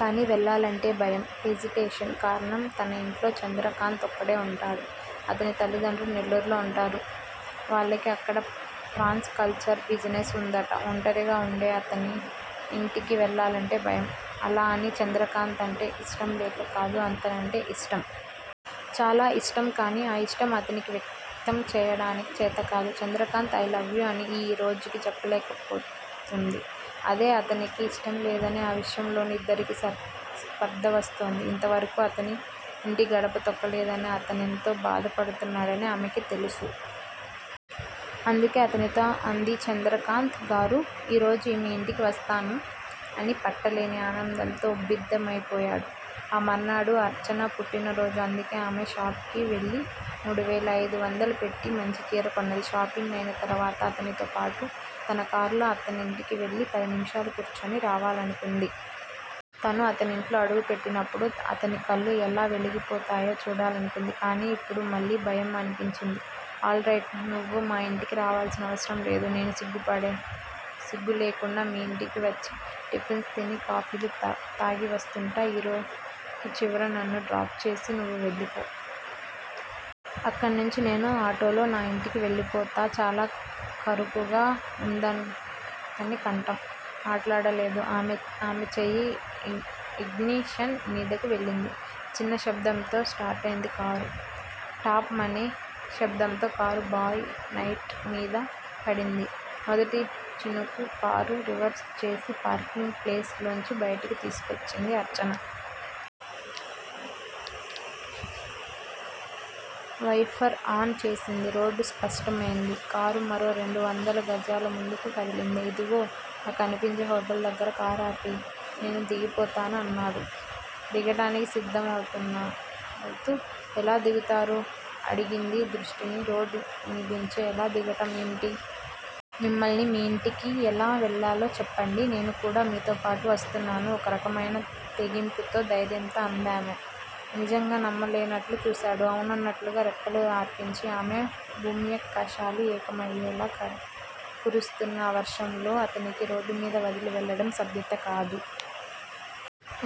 కానీ వెళ్ళాలంటే భయం హేజిటేషన్. కారణం తన ఇంట్లో చంద్రకాంత్ ఒక్కడే వుంటాడు. అతని తల్లిదండ్రులు నెల్లూరులో వుంటారు. వాళ్ళకి అక్కడ ప్రాన్స్ కల్చర్ బిజినెస్ వుందట. ఒంటరిగా ఉండే అతని ఇంటికి వెళ్ళాలంటే భయం. అలా అని చంద్రకాంత్ అంటే ఇష్టంలేక కాదు. అతనంటే ఇష్టం. చాలా ఇష్టం. కానీ ఆ ఇష్టం అతనికి వ్యక్తం చేయడానికి చేతకాదు. 'చంద్రకాంత్! ఐ లవ్ యూ' అని ఈ రోజుకీ చెప్పలేకపోతోంది. అదే అతనికి ఇష్టంలేనిది. ఆ విషయంలోనే ఇద్దరికీ స్పర్ధ వస్తోంది. ఇంతవరకు అతని ఇంటి గడప తొక్కలేదని అతనెంతో బాధపడుతున్నాడని ఆమెకు తెలుసు. అందుకే అతనితో అంది చంద్రకాంత్ గారూ! ఈ రోజు మీ ఇంటికి వస్తాను అని. పట్టలేని ఆనందంతో ఉబ్బితబ్బిబైపోయాడు. ఆ మర్నాడు అర్చన పుట్టినరోజు. అందుకే ఆమె షాప్ కు వెళ్ళి మూడువేల ఐదు వందలు పెట్టి మంచి చీర కొన్నది. షాపింగ్ అయిన తరువాత అతనితోపాటు తన కారులో అతనింటికి వెళ్ళి పది నిమిషాలు కూర్చుని తిరిగి రావాలనుకుంది. తను అతనింట్లో అడుగు పెట్టినప్పుడు అతని కళ్ళు ఎలా వెలిగిపోతాయో చూడాలనుకుంది. కానీ ఇప్పుడు మళ్ళీ భయం ఆవహించింది. All right! నువ్వు మా ఇంటికి రావలసిన అవసరం లేదు. నేనే సిగ్గుపడే సిగ్గులేకుండా మీ ఇంటికి వచ్చి టిఫిన్స్ తిని, కాఫీలు తాగి వస్తుంటా! ఈ రోడ్డు చివర నన్ను డ్రాప్ చేసి నువ్వు వెళ్ళిపో. అక్కడి నుంచి నేను ఆటోలో నా ఇంటికి వెళ్ళిపోతా చాలా కరుకుగా వుంద అతని కంఠం. మాట్లాడలేదు ఆమె. ఆమె చేయి ఇగ్నిషన్ మీదకు వెళ్ళింది. చిన్న శబ్దంతో స్టార్టయింది కారు. 'టప్' మనే శబ్దంతో కారు బాయ్ నెట్ మీద పడింది మొదటి చినుకు. కారు రివర్స్ చేసి పార్కింగ్ ప్లేస్ లోంచి బయటికి తీసుకువచ్చింది అర్చన. వైపర్స్ ఆన్ చేసింది. రోడ్డు స్పష్టం అయింది. కారు మరో రెండు వందల గజాలు ముందుకు కదిలింది. అదుగో ఆ కనిపించే హోటల్ దగ్గర కారు ఆపెయ్. నేను దిగిపోతాను అన్నాడు దిగటానికి సంసిద్దుడవుతున్న. ఎలా దిగుతారు? అడిగింది దృష్టిని రోడ్ మీదుంచే. ఎలా దిగటం ఏమిటి? మిమ్మల్నే మీ ఇంటికి ఎలా వెళ్ళాలో చెప్పండి. నేను కూడా మీతో పాటు వస్తున్నాను ఒక రకమైన తెగింపుతో, ధైర్యంతో అందామె. నిజంగా! నమ్మలేనట్లు చూశాడు. అవునన్నట్లుగా రెప్పలు ఆర్పింది ఆమె. భూమ్యాకాశాలు ఏకమయ్యేలా కురుస్తున్న ఆ వర్షంలో అతనికి రోడ్డుమీద వదిలి వెళ్ళడం సభ్యత కాదు.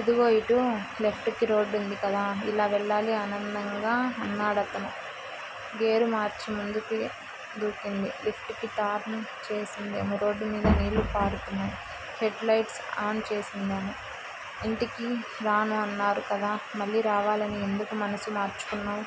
ఇదుగో ఇటు. లెఫ్టుకి రోడ్డుంది కదా. ఇలా వెళ్ళాలి ఆనందంగా అన్నాడతను. గేరు మార్చి ముందుకు దూకింది లెఫ్ట్ కి టర్న్ చేసిందామె. రోడ్డుమీద నీళ్ళు పారుతున్నాయి. హెడ్ లైట్స్ ఆన్ చేసిందామె. ఇంటికి రాను అన్నారు కదా! మళ్ళీ రావాలని ఎందుకు మనసు మార్చుకున్నావ్?